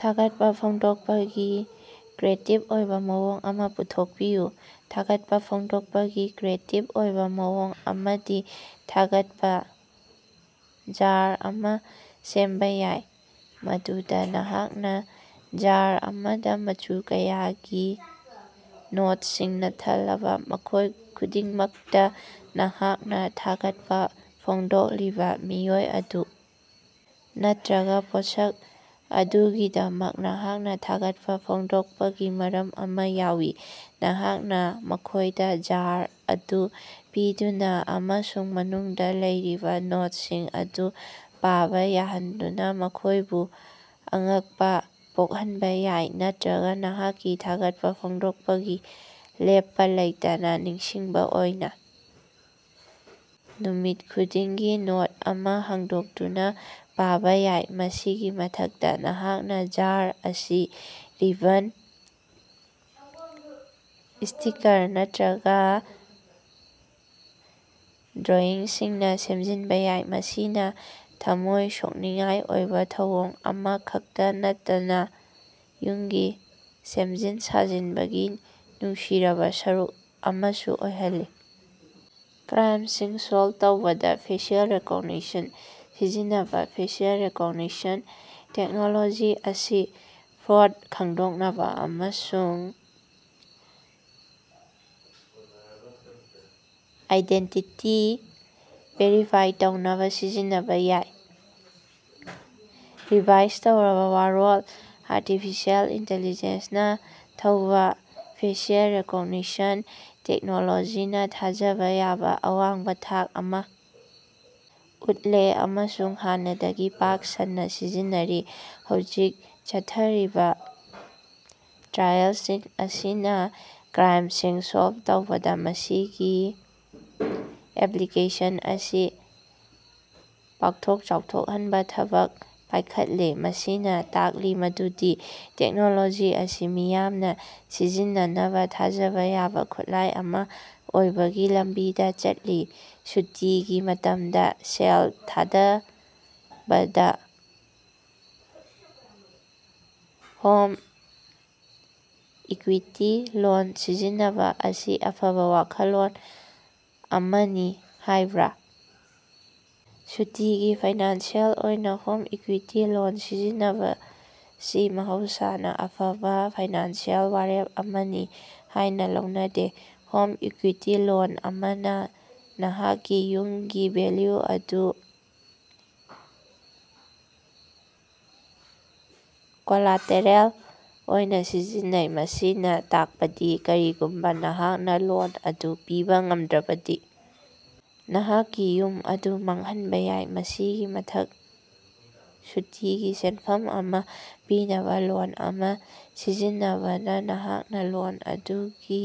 ꯊꯥꯒꯠꯄ ꯐꯣꯡꯗꯣꯛꯄꯒꯤ ꯀ꯭ꯔꯤꯌꯦꯇꯤꯕ ꯑꯣꯏꯕ ꯃꯑꯣꯡ ꯑꯃ ꯄꯨꯊꯣꯛꯄꯤꯌꯨ꯫ ꯊꯥꯒꯠꯄ ꯐꯣꯡꯗꯣꯛꯄꯒꯤ ꯀ꯭ꯔꯤꯌꯦꯇꯤꯕ ꯑꯣꯏꯕ ꯃꯑꯣꯡ ꯑꯃꯗꯤ "ꯊꯥꯒꯠꯄ ꯖꯥꯔ" ꯑꯃ ꯁꯦꯝꯕ ꯌꯥꯏ, ꯃꯗꯨꯗ ꯅꯍꯥꯛꯅ ꯖꯥꯔ ꯑꯃꯗ ꯃꯆꯨ ꯀꯌꯥꯒꯤ ꯅꯣꯇꯁꯤꯡꯅ ꯊꯜꯂꯕ, ꯃꯈꯣꯏ ꯈꯨꯗꯤꯡꯃꯛꯇ ꯅꯍꯥꯛꯅ ꯊꯥꯒꯠꯄ ꯐꯣꯡꯗꯣꯛꯂꯤꯕ ꯃꯤꯑꯣꯏ ꯑꯗꯨ ꯅꯠꯇꯔꯒ ꯄꯣꯠꯁꯛ ꯑꯗꯨꯒꯤꯗꯃꯛ ꯅꯍꯥꯛꯅ ꯊꯥꯒꯠꯄ ꯐꯣꯡꯗꯣꯛꯄꯒꯤ ꯃꯔꯝ ꯑꯃ ꯌꯥꯎꯏ꯫ ꯅꯍꯥꯛꯅ ꯃꯈꯣꯏꯗ ꯖꯥꯔ ꯑꯗꯨ ꯄꯤꯗꯨꯅ ꯑꯃꯁꯨꯡ ꯃꯅꯨꯡꯗ ꯂꯩꯔꯤꯕ ꯅꯣꯇꯁꯤꯡ ꯑꯗꯨ ꯄꯥꯕ ꯌꯥꯍꯟꯗꯨꯅ ꯃꯈꯣꯏꯕꯨ ꯑꯉꯛꯄꯥ ꯄꯣꯛꯍꯟꯕ ꯌꯥꯏ, ꯅꯠꯇꯔꯒ ꯅꯍꯥꯛꯀꯤ ꯊꯥꯒꯠꯄ ꯐꯣꯡꯗꯣꯛꯄꯒꯤ ꯂꯦꯞꯄ ꯂꯩꯇꯅ ꯅꯤꯡꯁꯤꯡꯕ ꯑꯣꯏꯅ ꯅꯨꯃꯤꯠ ꯈꯨꯗꯤꯡꯒꯤ ꯅꯣꯠ ꯑꯃ ꯍꯥꯡꯗꯣꯛꯇꯨꯅ ꯄꯥꯕ ꯌꯥꯏ꯫ ꯃꯁꯤꯒꯤ ꯃꯊꯛꯇ ꯅꯍꯥꯛꯅ ꯖꯥꯔ ꯑꯁꯤ ꯔꯤꯕꯟ, ꯁ꯭ꯇꯤꯀꯥꯔ ꯅꯠꯇꯔꯒ ꯗ꯭ꯔꯣꯏꯪꯁꯤꯡꯅ ꯁꯦꯝꯖꯤꯟꯕ ꯌꯥꯏ, ꯃꯁꯤꯅ ꯊꯝꯃꯣꯏ ꯁꯣꯛꯅꯤꯡꯉꯥꯏ ꯑꯣꯏꯕ ꯊꯧꯑꯣꯡ ꯑꯃ ꯈꯛꯇ ꯅꯠꯇꯅ ꯌꯨꯝꯒꯤ ꯁꯦꯝꯖꯤꯟ ꯁꯥꯖꯤꯟꯕꯒꯤ ꯅꯨꯡꯁꯤꯔꯕ ꯁꯔꯨꯛ ꯑꯃꯁꯨ ꯑꯣꯏꯍꯜꯂꯤ꯫ ꯀ꯭ꯔꯥꯏꯝꯁꯤꯡ ꯁꯣꯜꯕ ꯇꯧꯕꯗ ꯐꯦꯁꯤꯑꯦꯜ ꯔꯤꯀꯣꯛꯅꯤꯁꯟ ꯁꯤꯖꯤꯟꯅꯕ ꯐꯦꯁꯤꯑꯦꯜ ꯔꯤꯀꯣꯛꯅꯤꯁꯟ ꯇꯦꯛꯅꯣꯂꯣꯖꯤ ꯑꯁꯤ ꯐ꯭ꯔꯣꯗ ꯈꯪꯗꯣꯛꯅꯕꯥ ꯑꯃꯁꯨꯡ ꯑꯥꯏꯗꯦꯟꯇꯤꯇꯤ ꯚꯦꯔꯤꯐꯥꯏ ꯇꯧꯅꯕ ꯁꯤꯖꯤꯟꯅꯕ ꯌꯥꯏ꯫ ꯔꯤꯚꯥꯏꯖ ꯇꯧꯔꯕ ꯋꯥꯔꯣꯜ ꯑꯔꯇꯤꯐꯤꯁꯦꯜ ꯏꯟꯇꯤꯂꯤꯖꯦꯟ ꯅ ꯊꯧꯕ ꯐꯦꯁꯤꯑꯦꯜ ꯔꯤꯀꯣꯛꯅꯤꯁꯟ ꯇꯦꯛꯅꯣꯂꯣꯖꯤꯅ ꯊꯥꯖꯕ ꯌꯥꯕ ꯑꯋꯥꯡꯕ ꯊꯥꯛ ꯑꯃ ꯎꯠꯂꯦ ꯑꯃꯁꯨꯡ ꯍꯥꯟꯅꯗꯒꯤ ꯄꯥꯛ ꯁꯟꯅ ꯁꯤꯖꯤꯟꯅꯔꯤ꯫ ꯍꯧꯖꯤꯛ ꯆꯠꯊꯔꯤꯕꯥ ꯇ꯭ꯔꯥꯏꯑꯦꯂꯁꯤꯡ ꯑꯁꯤꯅ ꯀ꯭ꯔꯥꯏꯃꯁꯤꯡ ꯁꯣꯜꯕ ꯇꯧꯕꯗ ꯃꯁꯤꯒꯤ ꯑꯦꯞꯂꯤꯀꯦꯁꯟ ꯑꯁꯤ ꯄꯥꯛꯊꯣꯛ ꯆꯥꯎꯊꯣꯛꯍꯟꯅꯕ ꯊꯕꯛ ꯄꯥꯏꯈꯠꯂꯤ, ꯃꯁꯤꯅ ꯇꯥꯛꯂꯤ ꯃꯗꯨꯗꯤ ꯇꯦꯛꯅꯣꯂꯣꯖꯤ ꯑꯁꯤ ꯃꯤꯌꯥꯝꯅ ꯁꯤꯖꯤꯟꯅꯅꯕ ꯊꯥꯖꯕ ꯌꯥꯕ ꯈꯨꯠꯂꯥꯏ ꯑꯃ ꯑꯣꯏꯕꯒꯤ ꯂꯝꯕꯤꯗ ꯆꯠꯂꯤ꯫ ꯁꯨꯇꯤꯒꯤ ꯃꯇꯝꯗ ꯁꯦꯜ ꯊꯥꯗꯕꯗ ꯍꯣꯝ ꯏꯀꯨꯏꯇꯤ ꯂꯣꯟ ꯁꯤꯖꯤꯟꯅꯕ ꯑꯁꯤ ꯑꯐꯕ ꯋꯥꯈꯜꯂꯣꯟ ꯑꯃꯅꯤ ꯍꯥꯏꯕ꯭ꯔ? ꯁꯨꯇꯤꯒꯤ ꯐꯥꯏꯅꯥꯟꯁꯤꯑꯦꯜ ꯑꯣꯏꯅ ꯍꯣꯝ ꯏꯀꯨꯏꯇꯤ ꯂꯣꯟ ꯁꯤꯖꯤꯟꯅꯕꯁꯤ ꯃꯍꯧꯁꯥꯅ ꯑꯐꯕ ꯐꯥꯏꯅꯥꯟꯁꯤꯑꯦꯜ ꯋꯥꯔꯦꯞ ꯑꯃꯅꯤ ꯍꯥꯏꯅ ꯂꯧꯅꯗꯦ꯫ ꯍꯣꯝ ꯏꯀꯨꯏꯇꯤ ꯂꯣꯟ ꯑꯃꯅ ꯅꯍꯥꯛꯀꯤ ꯌꯨꯝꯒꯤ ꯚꯦꯜꯌꯨ ꯑꯗꯨ ꯀꯣꯂꯥꯇꯦꯔꯦꯜ ꯑꯣꯏꯅ ꯁꯤꯖꯤꯟꯅꯩ, ꯃꯁꯤꯅ ꯇꯥꯛꯄꯗꯤ ꯀꯔꯤꯒꯨꯝꯕ ꯅꯍꯥꯛꯅ ꯂꯣꯟ ꯑꯗꯨ ꯄꯤꯕꯥ ꯉꯝꯗ꯭ꯔꯕꯗꯤ ꯅꯍꯥꯛꯀꯤ ꯌꯨꯝ ꯑꯗꯨ ꯃꯥꯡꯍꯟꯕ ꯌꯥꯏ꯫ ꯃꯁꯤꯒꯤ ꯃꯊꯛꯁꯨꯇꯤꯒꯤ ꯁꯦꯟꯐꯝ ꯑꯃ ꯄꯤꯅꯕ ꯂꯣꯟ ꯑꯃ ꯁꯤꯖꯤꯟꯅꯕꯅ ꯅꯍꯥꯛꯅ ꯂꯣꯟ ꯑꯗꯨꯒꯤ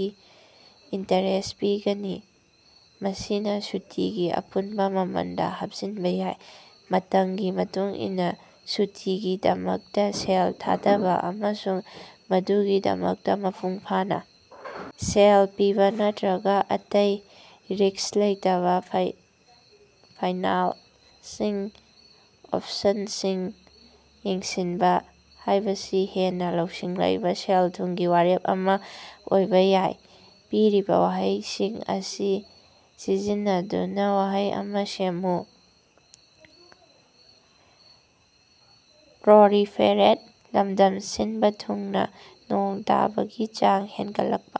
ꯏꯟꯇꯔꯦꯁ ꯄꯤꯒꯅꯤ, ꯃꯁꯤꯅ ꯁꯨꯇꯤꯒꯤ ꯑꯄꯨꯟꯕ ꯃꯃꯜꯗ ꯍꯥꯞꯆꯤꯟꯕ ꯌꯥꯏ꯫ ꯃꯇꯝꯒꯤ ꯃꯇꯨꯡꯏꯟꯅ ꯁꯨꯇꯤꯒꯤꯗꯃꯛꯇ ꯁꯦꯜ ꯊꯥꯗꯕ ꯑꯃꯁꯨꯡ ꯃꯗꯨꯒꯤꯗꯃꯛꯇ ꯃꯄꯨꯡ ꯐꯥꯅ ꯁꯦꯜ ꯄꯤꯕ ꯅꯠꯇꯔꯒ ꯑꯇꯩ ꯔꯤꯛꯁ ꯂꯩꯇꯕ ꯐꯥꯏꯅꯥꯟꯁꯤꯡ ꯑꯣꯄꯁꯟꯁꯤꯡ ꯌꯦꯡꯁꯤꯟꯕ ꯍꯥꯏꯕꯁꯤ ꯍꯦꯟꯅ ꯂꯧꯁꯤꯡ ꯂꯩꯕ ꯁꯦꯜ-ꯊꯨꯝꯒꯤ ꯋꯥꯔꯦꯞ ꯑꯃ ꯑꯣꯏꯕ ꯌꯥꯏ꯫ ꯄꯤꯔꯤꯕꯥ ꯋꯥꯍꯩꯁꯤꯡ ꯑꯁꯤ ꯁꯤꯖꯤꯟꯅꯗꯨꯅ ꯋꯥꯍꯩ ꯑꯃ ꯁꯦꯝꯃꯨ ꯄ꯭ꯔꯣꯂꯤꯐꯦꯔꯦꯠ ꯂꯝꯗꯝ ꯁꯤꯟꯕ ꯊꯨꯡꯅ ꯅꯣꯡ ꯇꯥꯕꯒꯤ ꯆꯥꯡ ꯍꯦꯟꯒꯠꯂꯛꯄ